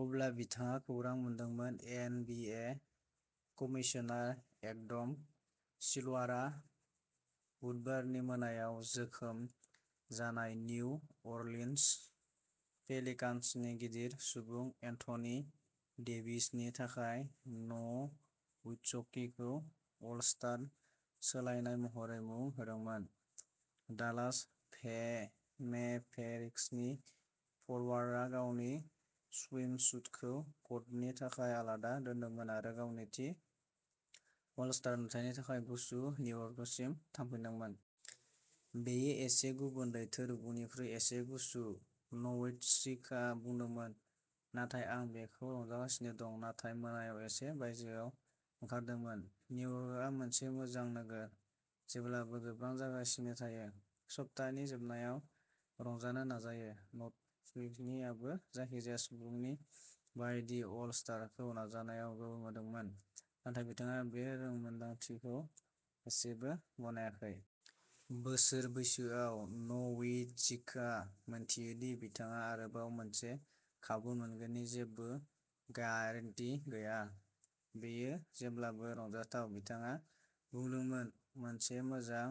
अब्ला बिथाङा खौरां मोनदोंमोन। N. B. A. Commissioner Adam सिल्वारा बुधबारनि मोनायाव जोखोम जानाय निउ अरलिन्स पेलिकान्सनि गिदिर सुबुं एन्थनी डेभिसनि थाखाय न'विट्ज्कीखौ अल-स्टार सोलायनाय महरै मुं होदोंमोन। डालास मेभेरिक्सनि फरवार्डआ गावनि स्विमसूटखौ क'टनि थाखाय आलादा दोनदोंमोन आरो गावनि थि अल-स्टार नुथायनि थाखाय गुसु निउयर्कसिम थांफिनदोंमोन। "बेयो एसे गुबुन, लैथो रुगुंनिख्रुइ एसे गुसु", न'विट्ज्किआ बुंदोंमोन। "नाथाय आं बेखौ रंजागासिनो दं। थांनाय मोनायाव एसे बायजोआव ओंखारदोंमोन। निउयर्कआ मोनसे मोजां नोगोर। जेब्लाबो गोबां जागासिनो थायो। सप्तानि जोबनायाव रंजानो नाजायो। " न'विट्ज्किआबो जायखिजाया सुबुंनि बायदि अल-स्टारखौ नाजावनायाव गोमोदोंमोन, नाथाय बिथाङा बे रोंमोनदांथिखौ एसेबो गनायाखै। बोसोर बैसोआव, न'विट्ज्किआ मिन्थियो दि बिथाङा आरोबाव मोनसे खाबु मोनगोननि जेबो ग्यारान्टि गैया। "बेयो जेब्लाबो रंजाथाव", बिथाङा बुंदोंमोन। "मोनसे मोजां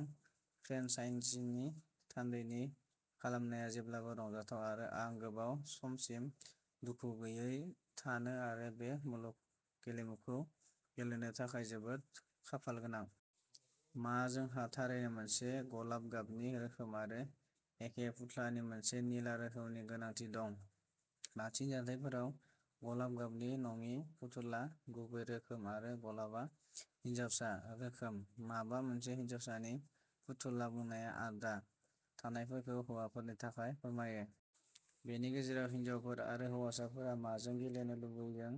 फ्रेन्चाइजीनि थान्दैथि खालामनाया जेब्लाबो रंजाथाव आरो आं गोबाव समसिम दुखु गैयै थानो आरो बे गेलेमुखौ गेलेनो थाखाय जोबोद खाफालगोनां। मा जोंहा थारैनो मोनसे गलाब गाबनि रोखोम आरो एखे फुथुलानि मोनसे निला रोखोमनि गोनांथि दं? बांसिन जाथायफोराव, गलाब गाबनि नङि फुथुला गुबै रोखोम, आरो गलाबआ "हिनजावसा" रोखोम। माबा मोनसे हिनजावसानि फुथुला बुंनाया आद्रा थानायफोरखौ हौवाफोरनि थाखाय फोरमायो। बेनि गेजेराव, हिनजावफोर आरो हौवासाफोरा माजों गेलेनो लुबैदों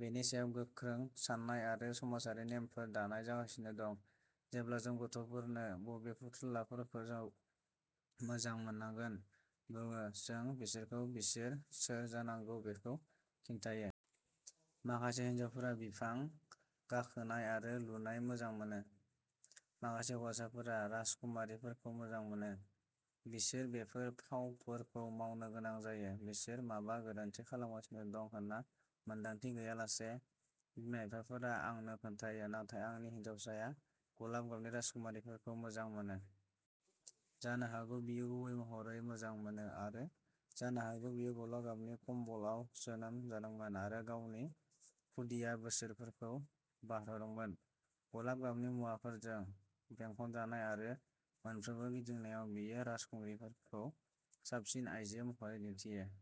बेनि सायाव गोख्रों सान्नाय आरो समाजारि नेमफोर दानाय जागासिनो दं। जेब्ला जों गथ'फोरनो बबे फुथुलाफोरखौ मोजां मोननांगोन बुङो, जों बिसोरखौ बिसोर सोर जानांगौ बेखौ खिन्थायो। माखासे हिनजावफोरा बिफां गाखोनाय आरो लुनाय मोजां मोनो। माखासे हौवासाफोरा राजकुमारिफोरखौ मोजां मोनो। बिसोर बेफोर फावफोरखौ मावनो गोनां जायो, बिसोर माबा गोरोन्थि खालामगासिनो दं होन्ना मोन्दांथि गैयालासे। बिमा-बिफाफोरा आंनो खोन्थायो "नाथाय आंनि हिनजावसाया गलाब गाबनि राजकुमारिफोरखौ मोजां मोनो। " जानो हागौ बियो गुबै महरै मोजां मोनो। आरो जानो हागौ बियो गलाब गाबनि कम्बलआव जोनोम जादोंमोन आरो गावनि खुदिया बोसोरफोरखौ बारहोदोंमोन। गलाब गाबनि मुवाफोरजों बेंखनजानाय आरो मोनफ्रोमबो गिदिंनायाव बियो राजखुंग्रिफोरखौ साबसिन आइजो महरै दिन्थियो।